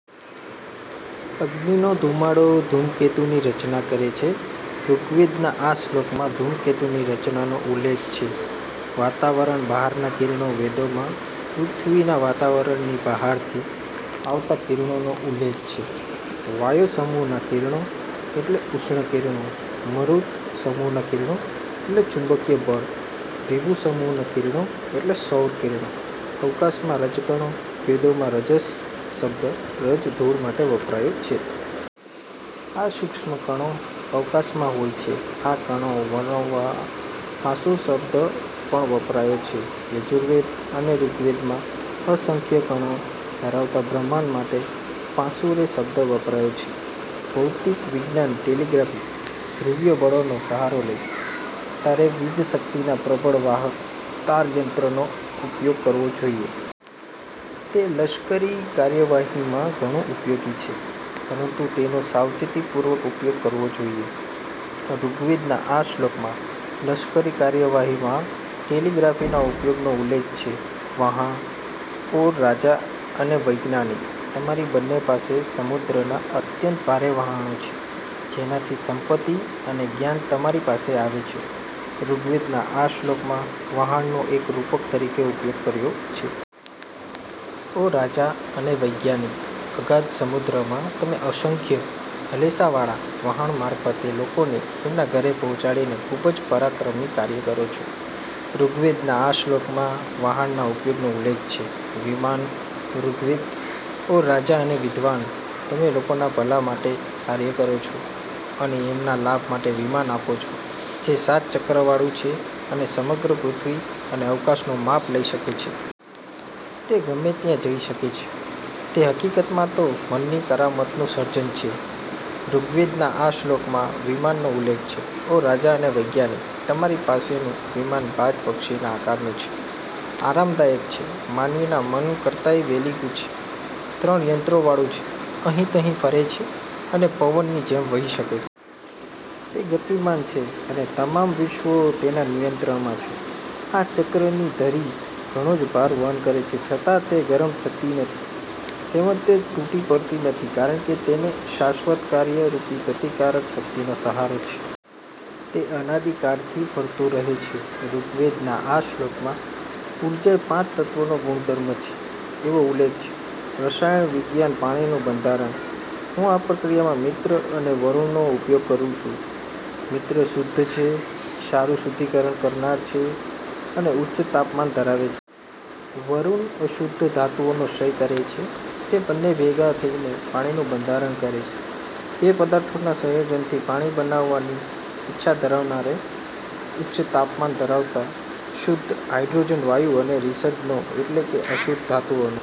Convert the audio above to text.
અગ્નિનો ધુમાડો ધૂમકેતુની રચના કરે છે" ઋગ્વેદના આ શ્લોકમાં, ધૂમકેતુ ની રચનાનો ઉલ્લેખ છે. વાતાવરણ બહારના કિરણો વેદોમાં પૃથ્વીના વાતાવરણની બહારથી આવતા કિરણોનો ઉલ્લેખ છે. વાયો સમૂહના કિરણો એટલે ઉષ્ણ કિરણો, મરુત સમૂહના કિરણો એટલે ચુંબકીય બળ, રીભુ સમૂહના કિરણો એટલે સૌર કિરણો અવકાશમાં રજકણો વેદોમાં 'રજસ' શબ્દ રજ-ધૂળ માટે વપરાયો છે. આ સુક્ષ્મ કણો અવકાશમાં હોય છે. આ કણો વર્ણવવા "પાંસુ" શબ્દ પણ વપરાયો છે. યજુર્વેદ અને ઋગ્વેદમાં અસંખ્ય કણો ધરાવતા બ્રહ્માંડ માટે "પાંસુરે" શબ્દ વપરાયો છે ભૌતિક વિજ્ઞાન ટેલીગ્રાફી "ધ્રુવીય બળોનો સહારો લઇ, તારે વીજશક્તિના પ્રબળ વાહક તાર યંત્રનો ઉપયોગ કરવો જોઈએ. તે લશ્કરી કાર્યવાહીમાં ઘણું ઉપયોગી છે પરંતુ તેનો સાવચેતીપૂર્વક ઉપયોગ કરવો જોઈએ" ઋગ્વેદના આ શ્લોકમાં, લશ્કરી કાર્યવાહીમાં ટેલીગ્રાફી ના ઉપયોગનો ઉલ્લેખ છે. વહાણ "ઓ રાજા અને વૈજ્ઞાનિક, તમારી બંને પાસે સમુદ્રનાં અત્યંત ભારે વહાણો છે જેનાથી સંપત્તિ અને જ્ઞાન તમારી પાસે આવે છે" ઋગ્વેદના આ શ્લોકમાં, વહાણનો એક રૂપક તરીકે ઉપયોગ કર્યો છે. "ઓ રાજા અને વૈજ્ઞાનિક, અગાધ સમુદ્રમાં તમે અસંખ્ય હલેસાંવાળા વહાણ મારફતે લોકોને એમના ઘરે પહોંચાડીને ખુબ જ પરાક્રમી કાર્ય કરો છો" ઋગ્વેદના આ શ્લોકમાં, વહાણના ઉપયોગનો ઉલ્લેખ છે. વિમાન ઋગ્વેદ "ઓ રાજા અને વિદ્વાન, તમે લોકોના ભલા માટે કાર્ય કરો છો અને એમના લાભ માટે વિમાન આપો છો જે સાત ચક્રવાળું છે અને સમગ્ર પૃથ્વી અને અવકાશનું માપ લઇ શકે છે. તે ગમે ત્યાં જઈ શકે છે. તે હકીકતમાં તો મનની કરામતનું સર્જન છે" ઋગ્વેદના આ શ્લોકમાં, વિમાનનો ઉલ્લેખ છે. "ઓ રાજા અને વૈજ્ઞાનિક, તમારી પાસેનું વિમાન બાજ પક્ષીના આકારનું છે, આરામદાયક છે, માનવીના મન કરતાંય વેગીલું છે, ત્રણ યંત્રોવાળું છે, અહીં-તહીં ફરે છે અને પવનની જેમ વહી શકે છે. તે ગતિમાન છે અને તમામ વિશ્વો તેના નિયંત્રણમાં છે. આ ચક્રની ધરી ઘણો જ ભાર વહન કરે છે છતાં તે ગરમ થતી નથી તેમજ તે તૂટી પડતી નથી કારણકે તેને શાશ્વત કાર્ય રૂપી પ્રતિકારક શક્તિનો સહારો છે. તે અનાદીકાળથી ફરતું રહે છે" ઋગ્વેદના આ શ્લોકમાં, ઊર્જા એ પાંચ તત્વો નો ગુણધર્મ છે એવો ઉલ્લેખ છે. રસાયણ વિજ્ઞાન પાણીનું બંધારણ "હું આ પ્રક્રિયામાં મિત્ર અને વરુણ નો ઉપયોગ કરું છું. મિત્ર શુદ્ધ છે, સારું શુદ્ધિકરણ કરનાર છે અને ઉચ્ચ તાપમાન ધરાવે છે. વરુણ અશુદ્ધ ધાતુઓનો ક્ષય કરે છે. તે બંને ભેગા થઈને પાણીનું બંધારણ કરે છે" "બે પદાર્થોના સંયોજનથી પાણી બનાવવાની ઈચ્છા ધરાવનારે, ઉચ્ચ તાપમાન ધરાવતા શુદ્ધ હાઇડ્રોજન વાયુ અને 'રીસધ'નો એટલે કે અશુદ્ધ ધાતુઓનો।